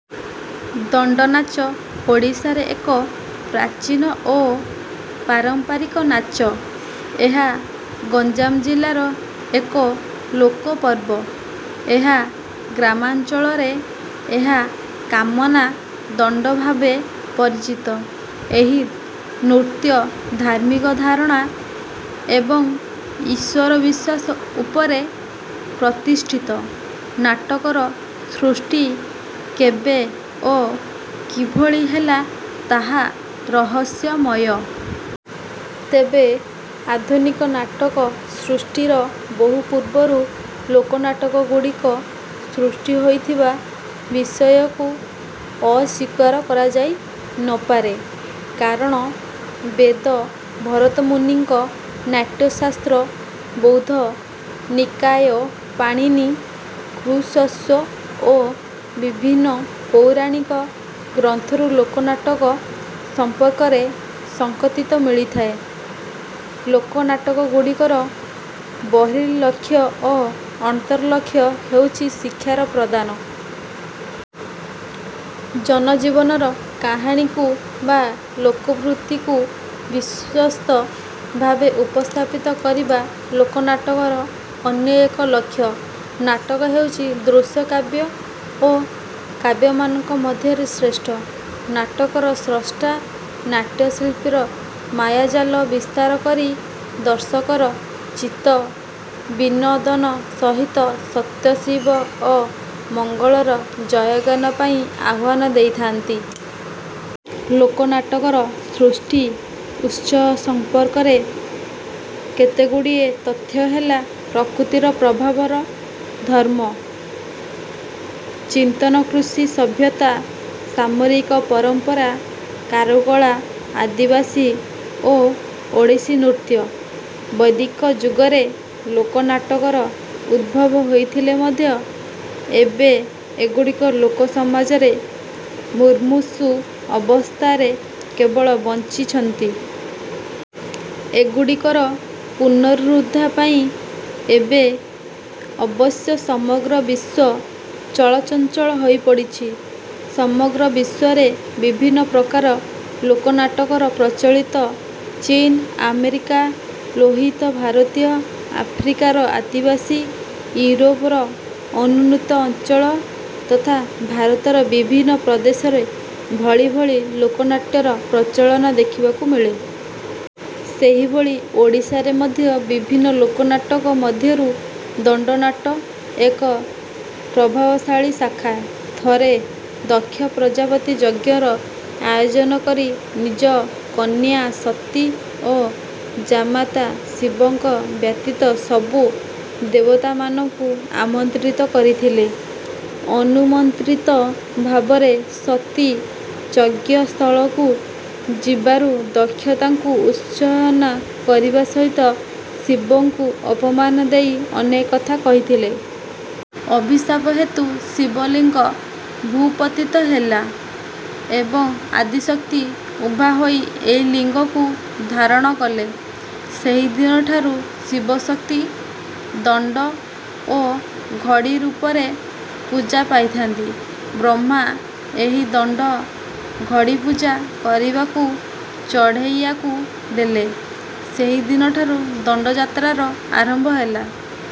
ଦଣ୍ଡନାଚ ଓଡ଼ିଶାର ଏକ ପ୍ରାଚୀନ ଓ ପାରମ୍ପାରିକ ନାଚ। ଏହା ଗଞ୍ଜାମ ଜିଲ୍ଲାର ଏକ ଲୋକ ପର୍ବ। ଏହା ଗ୍ରାମାଞ୍ଚଳରେ ଏହା କାମନା ଦଣ୍ଡ ଭାବେ ପରିଚିତ। ଏହି ନୃତ୍ୟ ଧାର୍ମିକ ଧାରଣା ଏବଂ ଈଶ୍ୱର ବିଶ୍ୱାସ ଉପରେ ପ୍ରତିଷ୍ଠିତ। ନାଟକର ସୃଷ୍ଟି କେବେ ଓ କିଭଳି ହେଲା ତାହା ରହସ୍ୟମୟ। ତେବେ ଆଧୁନିକ ନାଟକ ସୃଷ୍ଟିର ବହୁ ପୂର୍ବରୁ ଲୋକନାଟକଗୁଡ଼ିକ ସୃଷ୍ଟି ହୋଇଥିବା ବିଷୟକୁ ଅସ୍ୱୀକାର କରାଯାଇ ନ ପାରେ। କାରଣ ବେଦ ଭରତମୁନିଙ୍କ ନାଟ୍ୟଶାସ୍ତ୍ର ବୌଦ୍ଧ ନିକାୟ ପାଣିନି କୃଶାଶ୍ୱ ଓ ବିଭିନ୍ନ ପୌରାଣିକ ଗ୍ରନ୍ଥରୁ ଲୋକନାଟକ ସମ୍ପର୍କରେ ସଂକତିତ ମିଳିଥାଏ। ଲୋକନାଟକଗୁଡ଼ିକର ବହିର୍ଲକ୍ଷ୍ୟ ଓ ଅନ୍ତର୍ଲକ୍ଷ୍ୟ ହଉଛି ଶିକ୍ଷା ପ୍ରଦାନ। ଜନଜୀବନର କାହାଣୀକୁ ବା ଲୋକବୃତ୍ତିକୁ ବିଶ୍ୱସ୍ତ ଭାବେ ଉପସ୍ଥାପିତ କରିବା ଲୋକନାଟକର ଅନ୍ୟ ଏକ ଲକ୍ଷ୍ୟ। ନାଟକ ହେଉଛି ଦୃଶ୍ୟକାବ୍ୟ ଓ କାବ୍ୟମାନଙ୍କ ମଧ୍ୟରେ ଶ୍ରେଷ୍ଠ। ନାଟକର ସ୍ରଷ୍ଟା ନାଟ୍ୟ ଶିଳ୍ପୀର ମାୟାଜାଲ ବିସ୍ତାର କରି ଦର୍ଶକର ଚିତ୍ତ ବିନୋଦନ ସହିତ ସତ୍ୟ ଶିବ ଓ ମଙ୍ଗଳର ଜୟଗାନ ପାଇଁ ଆହ୍ୱାନ ଦେଇଥାନ୍ତି। ଲୋକ ନାଟକର ସୃଷ୍ଟି ଉତ୍ସ ସମ୍ପର୍କରେ କେତେଗୁଡ଼ିଏ ତଥ୍ୟ ହେଲା ପ୍ରକୃତିର ପ୍ରଭାବର ଧର୍ମ ଚିନ୍ତନ କୃଷି ସଭ୍ୟତା ସାମରିକ ପରମ୍ପରା କାରୁକଳା ଆଦିବାସୀ ଓ ଓଡ଼ିଶୀ ନୃତ୍ୟ। ବୈଦିକ ଯୁଗରେ ଲୋକ ନାଟକର ଉଦ୍ଭବ ହୋଇଥିଲେ ମଧ୍ୟ ଏବେ ଏଗୁଡ଼ିକ ଲୋକ ସମାଜରେ ମୁମୂର୍ଷୁ ଅବସ୍ଥାରେ କେବଳ ବଞ୍ଚିଛନ୍ତି। ଏଗୁଡ଼ିକର ପୁନରୁଦ୍ଧା ପାଇଁ ଏବେ ଅବଶ୍ୟ ସମଗ୍ର ବିଶ୍ୱ ଚଳଚଞ୍ଚଳ ହୋଇପଡ଼ିଛି। ସମଗ୍ର ବିଶ୍ୱରେ ବିଭିନ୍ନ ପ୍ରକାର ଲୋକନାଟକର ପ୍ରଚଳିତ। ଚୀନ ଆମେରିକା ଲୋହିତ ଭାରତୀୟ ଆଫ୍ରିକାର ଆଦିବାସୀ ୟୁରୋପର ଅନୁନ୍ନତ ଅଞ୍ଚଳ ତଥା ଭାରତର ବିଭିନ୍ନ ପ୍ରଦେଶରେ ଭଳି ଭଳି ଲୋକନାଟ୍ୟର ପ୍ରଚଳନ ଦେଖିବାକୁ ମିଳେ। ସେହିଭଳି ଓଡ଼ିଶାରେ ମଧ୍ୟ ବିଭିନ୍ନ ଲୋକନାଟକ ମଧ୍ୟରୁ ଦଣ୍ଡନାଟ ଏକ ପ୍ରଭାବଶାଳୀ ଶାଖା। ଥରେ ଦକ୍ଷ ପ୍ରଜାପତି ଯଜ୍ଞର ଆୟୋଜନ କରି ନିଜ କନ୍ୟା ସତୀ ଓ ଜାମାତା ଶିବଙ୍କ ବ୍ୟତୀତ ସବୁ ଦେବତାମାନଙ୍କୁ ଆମନ୍ତ୍ରିତ କରିଥିଲେ। ଅନୁମନ୍ତ୍ରିତ ଭାବରେ ସତୀ ଯଜ୍ଞସ୍ଥଳକୁ ଯିବାରୁ ଦକ୍ଷ ତାଙ୍କୁ ଉସ୍ଚାହନା କରିବା ସହିତ ଶିବଙ୍କୁ ଅପମାନ ଦେଇ ଅନେକ କଥା କହିଲେ। ଅଭିଶାପ ହେତୁ ଶିବଲିଙ୍ଗ ଭୂପତିତ ହେଲା ଏବଂ ଆଦିଶକ୍ତି ଉଭା ହୋଇ ଏହି ଲିଙ୍ଗକୁ ଧାରଣ କଲେ। ସେହିଦିନଠାରୁ ଶିବଶକ୍ତି ଦଣ୍ଡ ଓ ଘଡ଼ି ରୂପରେ ପୂଜା ପାଇଥାନ୍ତି। ବ୍ରହ୍ମା ଏହି ଦଣ୍ଡ ଘଡ଼ି ପୂଜା କରିବାକୁ ଚଢ଼େଇଆକୁ ଦେଲେ। ସେହି ଦିନଠାରୁ ଦଣ୍ଡଯାତ୍ରାର ଆରମ୍ଭ ହେଲା।